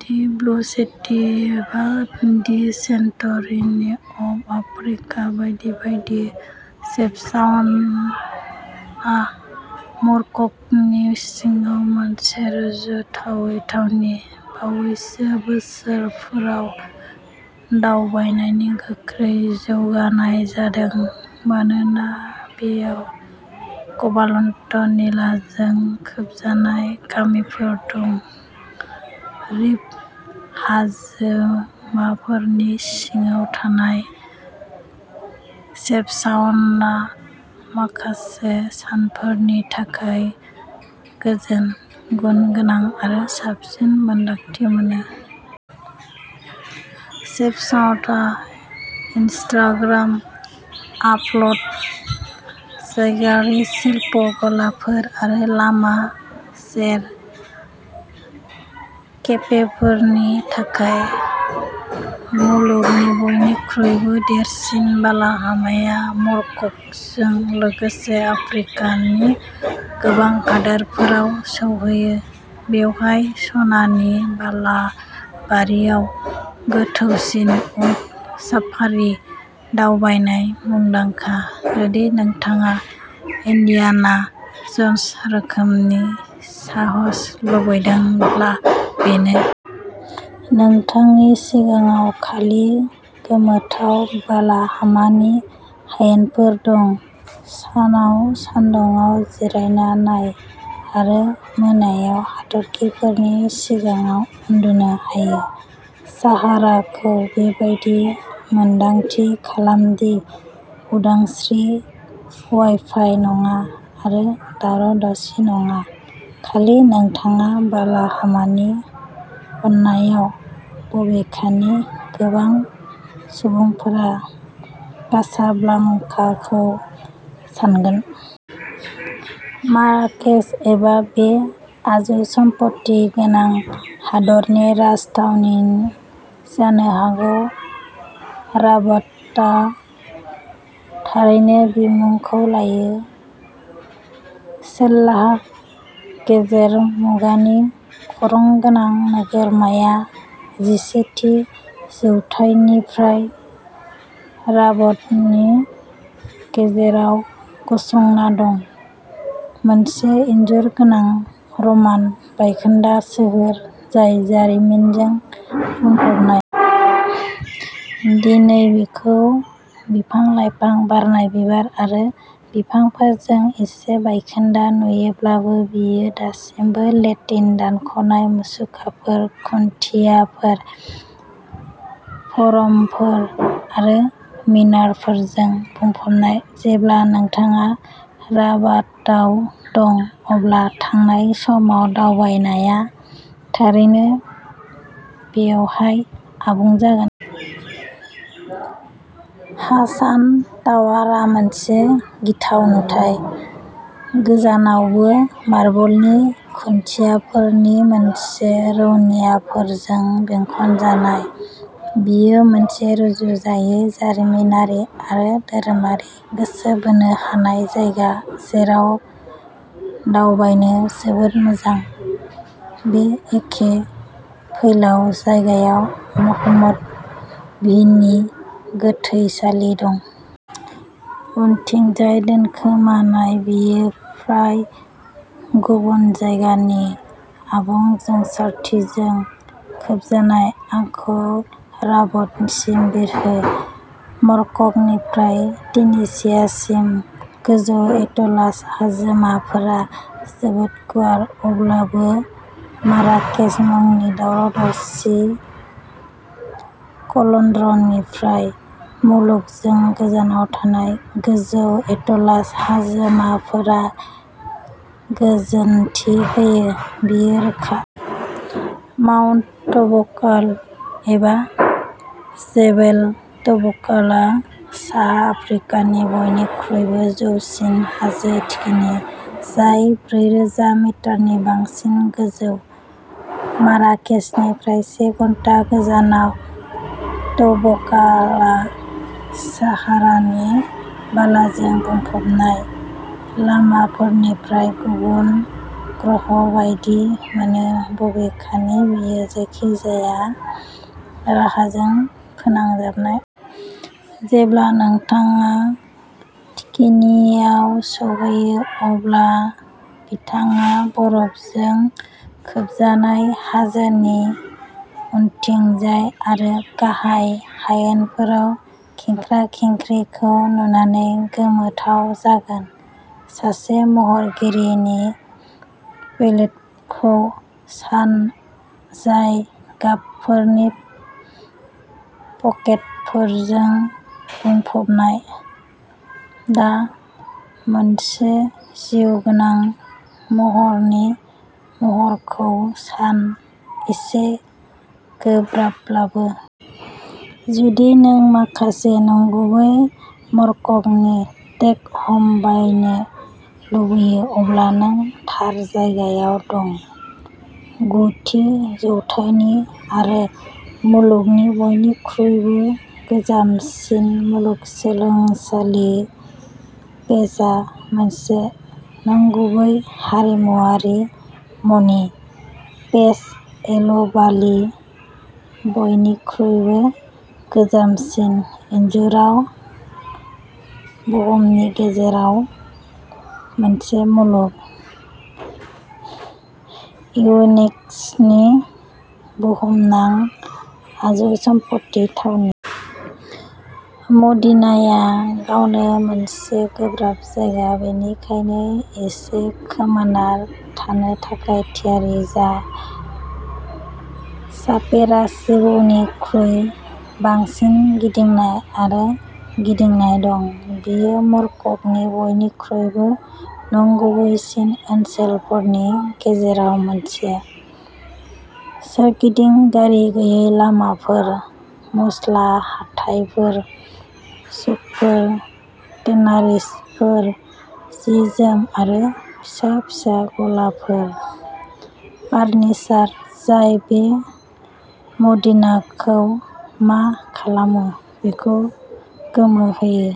दि blue city एबा the सेन्टरिनि of Africa बायदि बायदि, शेफचाउएनआ मरक्क'नि सिङाव मोनसे रुजुजायै थावनि। बावैसो बोसोरफोराव दावबायनायनि गोख्रै जौगानाय जादों मानोना बेयाव कबाल्ट निलाजों खोबजानाय गामिफोर दं। रिफ हाजोमाफोरनि सिङाव थानाय, शेफचाउएनआ माखासे सानफोरनि थाखाय गोजोन, गुनगोनां आरो साबसिन मोनदांथि मोनो। शेफचाउएनआ इनस्टाग्राम आपल'ड, जायगायारि शिल्प गलाफोर आरो लामा सेर केफेफोरनि थाखाय। मुलुगनि बयनिख्रुइबो देरसिन बालाहामाया मरक्क'जों लोगोसे आफ्रिकानि गोबां हादोरफोराव सौहैयो। बेवहाय, सनानि बालाबारियाव गोथौसिम उट साफारि दावबायनाय मुंदांखा। जुदि नोंथाङा इन्डियाना जन्स रोखोमनि साहस लुबैदोंब्ला, बेनो! नोंथांनि सिगाङाव खालि गोमोथाव बालाहामानि हायेनफोर दं, सानाव सान्दुङाव जिरायना नाय आरो मोनायाव हाथरखिफोरनि सिङाव उन्दुनो हायो। साहाराखौ बेबादि मोन्दांथि खालामदि उदांस्रि-वाइफाइ नङा आरो दावराव दावसि नङा, खालि नोंथाङा बालाहामानि अननायाव। बबेखानि गोबां सुबुंफोरा कासाब्लांकाखौ सानगोन। माराकेच एबा बे आजौसमफथि गोनां हादोरनि राजथावनि जानो हागौ, राबातआ थारैनो बिमुंखौ लायो। चेल्लाह, गेजेर मुगानि खरं गोनां नोगोरमाया जिसे थि जौथायनिफ्राय राबातनि गेजेराव गसंना दं, मोनसे इन्जुर गोनां र'मान बायखोन्दा सोहोर जाय जारिमिनजों बुंफबनाय। दिनै बेखौ बिफां लाइफां, बारनाय बिबार आरो बिफांफोरजों एसे बायखोन्दा नुयोब्लाबो, बेयो दासिमबो लेटिन दानख'नाय मुसुखाफोर, खुन्थियाफोर, फोरमफोर आरो मिनारफोरजों बुंफबनाय। जेब्ला नोंथाङा राबाताव दं, अब्ला थांनाय समाव दावबायनाया थारैनो बेवहाय आबुं जागोन। हासान टावारआ मोनसे गिथाव नुथाय, गोजानआवबो। मार्बलनि खुन्थियाफोरनि मोनसे रौनियाफोरजों बेंखनजानाय, बेयो मोनसे रुजुजायै जारिमिनारि आरो धोरोमारि गोसो बोनो हानाय जायगा, जेराव दावबायनो जोबोद मोजां। बे एखे फैलाव जायगायाव महम्मद भिनि गोथैसालि दं। उनथिंजाय दोनखोमानाय, बेयो फ्राय गुबुन जायगानि आबुं जोंसारथिजों खोबजानाय। आंखौ राबातसिम बिरहो! मरक्क'निफ्राय तुनिसियासिम, गोजौ एटलास हाजोमाफोरा जोबोद गुवार। अब्लाबो, माराकेस मुंनि दावराव-दावसि क'लड्रननिफ्राय मुलुगजों गोजानाव थानाय, गोजौ एटलास हाजोमाफोरा गोजोनथि होयो, बेयो रोखा। माउन्ट तौबकाल एबा जेबेल तौबकालआ साहा आफ्रिकानि बयनिख्रुइबो जौसिन हाजो थिखिनि, जाय ब्रैरोजा मिटारनि बांसिन गोजौ। माराकेसनिफ्राय से घन्टा गोजानाव, तौबकालआ साहारानि बालाजों बुंफबनाय लामाफोरनिफ्राय गुबुन ग्रह बायदि मोनो, बबेखानि बेयो जायखिजाया राहाजों फोनांजाबनाय। जेब्ला नोंथाङा थिखिनियाव सौहैयो, अब्ला नोंथाङा बरफजों खोबजानाय हाजोनि उनथिंजाय आरो गाहाय हायेनफोराव खेंख्रा खेंख्रिखौ नुनानै गोमोथाव जागोन। सासे महरगिरिनि पेलेटखौ सान, जाय गाबफोरनि पकेटफोरजों बुंफबनाय। दा मोनसे जिउगोनां महरनि महरखौ सान, एसे गोब्राबब्लाबो। जुदि नों माखासे नंगुबै मरक्क'नि टेक-ह'म बायनो लुगैयो, अब्ला नों थार जायगायाव दं। गु थि जौथाइनि आरो मुलुगनि बयनिख्रुइबो गोजामसिन मुलुगसोलोंसालि, फेजआ मोनसे नंगुबै हारिमुआरि मणि। फेज एल बालि, बयनिख्रुइबो गोजामसिन इनजुरआ बुहुमनि गेजेराव मोनसे मुलुग, इउनेस्क'नि बुहुमनां आजौसमफथि थावनि। मदीनाया गावनो मोनसे गोब्राब जायगा, बेनिखायनो एसे खोमाना थानो थाखाय थियारि जा, सापेरास जिबौनिख्रुइ बांसिन फिदिंनाय आरो गिदिंनाय दं। बेयो मरक्क'नि बयनिख्रुइबो नंगुबैसिन ओनसोलफोरनि गेजेराव मोनसे। सोरगिदिं गारि-गैयै लामाफोर, मस्ला हाथायफोर, सुकफोर, टेनारिसफोर, जि जोम आरो फिसा फिसा गलाफोरा फार्निचार जाय बे मदिनाखौ मा खालामो बेखौ गोमोहोयो।